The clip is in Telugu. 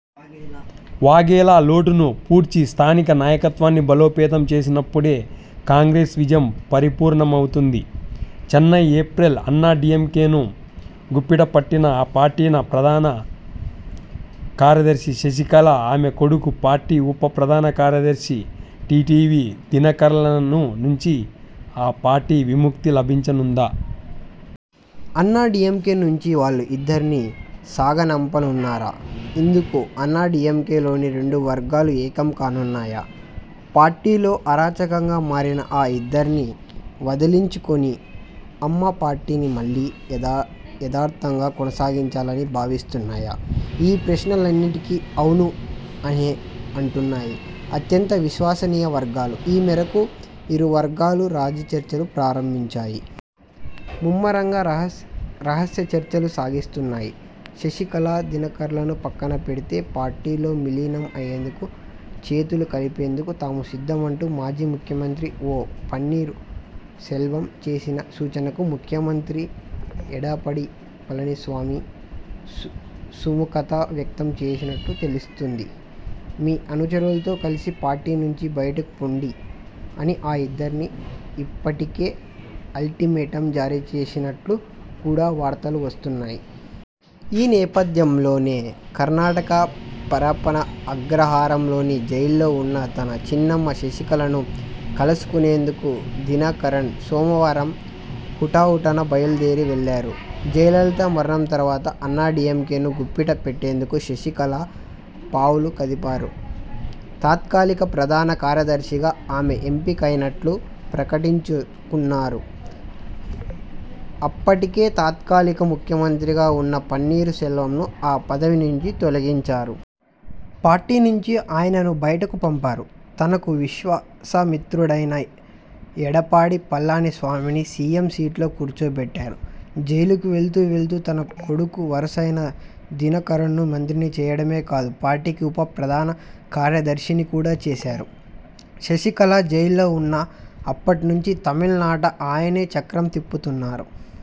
వాఘేలా లోటును పూడ్చి స్థానిక నాయకత్వాన్ని బలోపేతం చేసినప్పుడే కాంగ్రెస్ విజయం పరిపూర్ణమవుతుంది. చెన్నై, ఏప్రిల్: అన్నాడీఎంకేను గుప్పిట పట్టిన ఆ పార్టీ ప్రధాన కార్యదర్శి శశికళ, ఆమె 'కొడుకు', పార్టీ ఉప ప్రధాన కార్యదర్శి టీటీవీ దినకరన్ల నుంచి ఆ పార్టీకి విముక్తి లభించనుందా? అన్నాడీఎంకే నుంచి వాళ్లు ఇద్దరినీ సాగనంపనున్నారా? ఇందుకు అన్నాడీఎంకేలోని రెండు వర్గాలూ ఏకం కానున్నాయా? పార్టీలో అరాచకంగా మారిన ఆ ఇద్దరినీ వదిలించుకుని 'అమ్మ పార్టీ'ని మళ్లీ యథాతథంగా కొనసాగించాలని భావిస్తున్నాయా? ఈ ప్రశ్నలు అన్నింటికీ 'ఔను' అనే అంటున్నాయి అత్యంత విశ్వసనీయ వర్గాలు. ఈ మేరకు ఇరు వర్గాలూ రాజీ చర్చలు ప్రారంభించాయి. ముమ్మరంగా రహస్య చర్చలు సాగిస్తున్నాయి. శశికళ, దినకరన్లను పక్కన పెడితే పార్టీలో విలీనం అయ్యేందుకు, చేతులు కలిపేందుకు తాము సిద్ధమంటూ మాజీ ముఖ్యమంత్రి ఓ. పన్నీరు సెల్వం చేసిన సూచనకు ముఖ్యమంత్రి ఎడప్పాడి పళని స్వామి సుముఖత వ్యక్తం చేసినట్లు తెలుస్తోంది. 'మీ అనుచరులతో కలిసి పార్టీ నుంచి బయటకు పొండి' అని ఆ ఇద్దరికీ ఇప్పటికే అల్టిమేటం జారీ చేసినట్లు కూడా వార్తలు వస్తున్నాయి. ఈ నేపథ్యంలోనే, కర్ణాటక పరప్పన అగ్రహారంలోని జైల్లో ఉన్న తన చిన్నమ్మ శశికళను కలుసుకునేందుకు దినకరన్ సోమవారం హుటాహుటిన బయలుదేరి వెళ్లారు. జయలలిత మరణం తర్వాత అన్నాడీఎంకేను గుప్పిట పట్టేందుకు శశికళ పావులు కదిపారు. తాత్కాలిక ప్రధాన కార్యదర్శిగా ఆమె ఎంపికైనట్లు ప్రకటించుకున్నారు. అప్పటికే తాత్కాలిక ముఖ్యమంత్రిగా ఉన్న పన్నీరు సెల్వంను ఆ పదవి నుంచి తొలగించారు. పార్టీ నుంచి ఆయనను బయటకు పంపారు. తనకు విశ్వాసపాత్రుడైన ఎడప్పాడి పళని స్వామిని సీఎం సీటులో కూర్చోబెట్టారు. జైలుకు వెళుతూ వెళుతూ తనకు కొడుకు వరసైన దినకరన్ను మంత్రిని చేయడమే కాదు పార్టీకి ఉప ప్రధాన కార్యదర్శిని కూడా చేశారు. శశికళ జైల్లో ఉన్నా అప్పటి నుంచి తమిళనాట ఆయనే చక్రం తిప్పుతున్నారు.